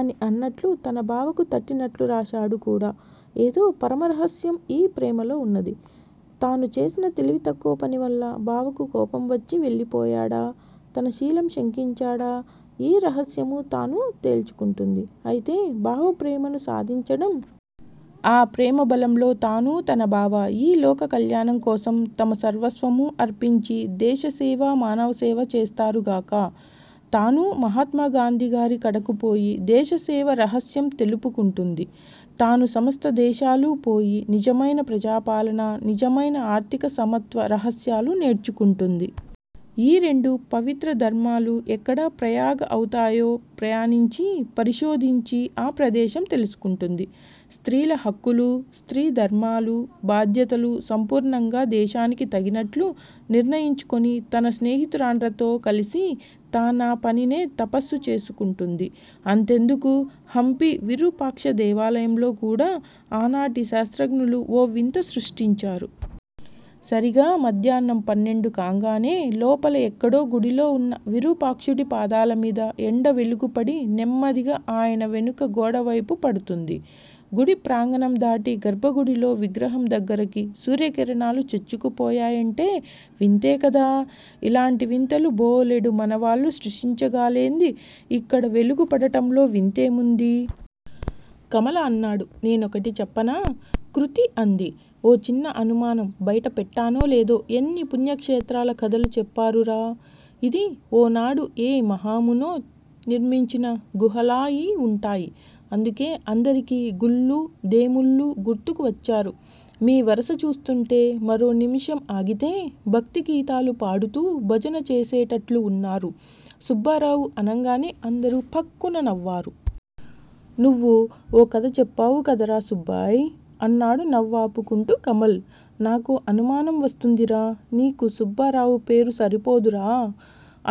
అని అన్నట్లు తన బావకు తట్టినట్లు రాశాడు కూడా! ఏదో పరమ రహస్యం ఈ ప్రేమలో ఉన్నది. తాను చేసిన తెలివి తక్కువ పనివల్ల బావకు కోపం వచ్చి వెళ్ళిపోయాడా? తన శీలం శంకించాడా? ఈ రహస్యమూ తాను తేల్చుకుంటుంది. అయితే బావ ప్రేమను సాధించడం? ఆ ప్రేమబలంలో తానూ తన బావా ఈ లోక కళ్యాణం కోసం తమ సర్వస్వమూ అర్పించి దేశసేవ, మానవ సేవ చేస్తారు గాక. తానూ మహాత్మాగాంధీగారి కడకు పోయి, దేశ సేవ రహస్యం తెలుపుకుంటుంది. తాను సమస్త దేశాలూ పోయి నిజమైన ప్రజాపాలన, నిజమైన ఆర్ధిక సమత్వ రహస్యాలు నేర్చుకుంటుంది. ఈ రెండు పవిత్ర ధర్మాలు ఎక్కడా ప్రయాగ అవుతాయో ప్రయాణించి పరిశోధించి ఆ ప్రదేశం తెలుసుకుంటుంది. స్త్రీల హక్కులూ, స్త్రీ ధర్మాలూ, బాధ్యతలూ సంపూర్ణంగా దేశానికి తగినట్లు నిర్ణయించుకొని తన స్నేహితురాండ్రతో కలిసి తా నా పనినే తపస్సు చేసుకుంటుంది. అంతెందుకు. హంపీ విరూపాక్షదేవాలయంలో కూడా ఆనాటి శాస్రజ్ఞలు ఓ వింత స్పష్టించారు. సరీగా మధ్యాహ్నం పన్నెండు కాంగానే లోపల ఎక్కడో గుడిలో వున్న నిరూపాక్షుడి పాదాలమీద ఎండ వెలుగుపడి నెమ్మదిగా అయన వెనుక గోడవైపు పడుతుంది. గుడి ప్రాగణందాటి గర్భగుడిలో విగ్రహం దగ్గరకి సూర్యకిరణాలు చొచ్చుకు పోయాయంటే వింతేకదా! ఇలాంటి వింతలు బోలెడు మన వాళ్ళు సృష్టించగాలేంది. ఇక్కడ వెలుగు పడటంలో వింతేముంది? కమల అన్నాడు. నేనొకటి చెప్పనా? కృతి అంది. ఓ చిన్న అనుమానం బైట పెట్టానో లేదో ఎన్ని పుణ్యక్షేత్రాల కధలు చెప్పారురా! ఇది ఓనాడు ఏ మహామునో నిర్మించిన గుహలాయివుంటాయి అందుకే అందరికీ గుళ్ళూ దేముళ్ళూ గుర్తుకు వచ్చారు మీ వరస చూస్తుంటే మరో నిమిషం ఆగితే భక్తీ గీతాలు పాడుతూ భజన చేసేటట్లు వున్నారు సుబ్బారావు అనంగానే అందరూ ఫక్కున నవ్వారు. నువ్వూ ఓ కధ చెప్పావు కదరా సుబ్బాయ్! అన్నాడు నవ్వాపుకుంటూ కమల్. నాకో అనుమానం వస్తుందిరా! నీకు సుబ్బారావుపేరు సరిపోదురా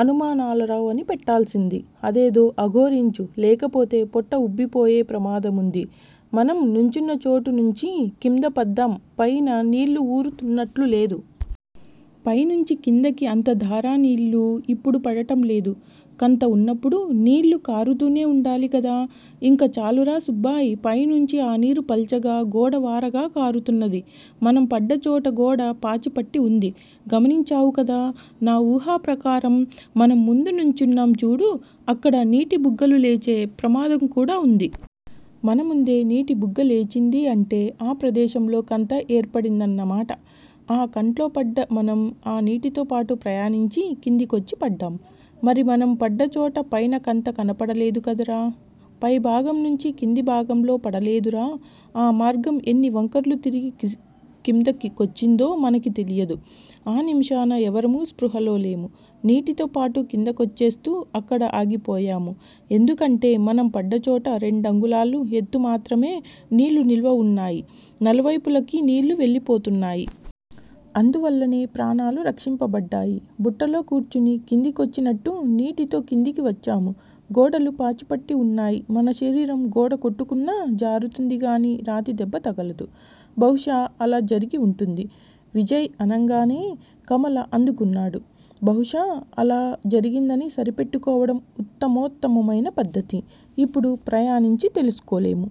అనుమానాలరావ్ అని పెట్టాల్సింది. అదేదో అఘోరించు లేకపోతే పొట్ట వుబ్బిపోయే ప్రమాదం వుంది. మనం నుంచున్న చోటు నుంచి కిమ్దపద్దాం పైన నీళ్ళు వూరు తున్నట్లులేదు. పైనుంచి కిందికి అంత ధారా నీళ్ళు ఇప్పుడు పడటంలేదు. కంతవున్నప్పుడు నీళ్ళు కారుతూనే వుండాలికదా? ఇంక చాలురా సుబ్బాయ్! పైనుంచి ఆ నీరు పల్చగా గోడవారగా కారుతున్నది. మనం పడ్డచోట గోడ పాచిపట్టి వుంది. గమనిమ్చావు కదా! నా వూహా ప్రకారం మనం ముందు నుంచున్నాం చూడు అక్కడ నీటిబుగ్గలు లేచే ప్రమాదంకూడా వుంది. మనముందే నీటి బుగ్గ లేచింది అంటే ఆ ప్రదేశంలో కంత ఏర్పడిందన్నమాట. ఆ కంట్లోపడ్డ మనం ఆ నీటితోపాటు ప్రయాణించి కిందకొచ్చి పడ్డాం. మరి మనం పడ్డచోట పైన కంత కనబడలేదుకదురా! పై భాగంనుంచి కిందభాగంలో పడలేదురా! ఆ మార్గం ఎన్ని వంకర్లు తిరిగి కిమ్దకోచ్చిందో మనకి తెలియదు ఆ నిముషాన ఎవరమూ స్పృహాలోలేము నీటితోపాటు కిందకొచ్చేస్తూ ఇక్కడ ఆగిపోయాము ఎందుకంటే మనం పడ్డచోట రెండంగుళాలు ఎత్తుమాత్రమె నీళ్ళు నిలవవున్నాయి నలువైపులకి నీళ్ళు వెళ్ళిపోతున్నాయి. అందువల్లనే ప్రాణాలు రక్షింపబడ్డాయి. బుట్టలో కూర్చుని కింద కొచ్చి నట్టు నీటితో కిందికి వచ్చాము గోడలు పాచిపట్టి వున్నాయి మన శరీరం గోడకొట్టుకున్నా జారుతుందిగాని రాతిదెబ్బ తగలదు. బహుశా అలా జరుగివుంటుంది. విజయ్ అనంగానే కమల అందుకున్నాడు. బహుశా అలా జరిగిందని సరిపెట్టుకోవడం వుత్తమోత్తమమైన పద్దతి. ఇప్పుడు ప్రయాణించి తెలుసుకోలెము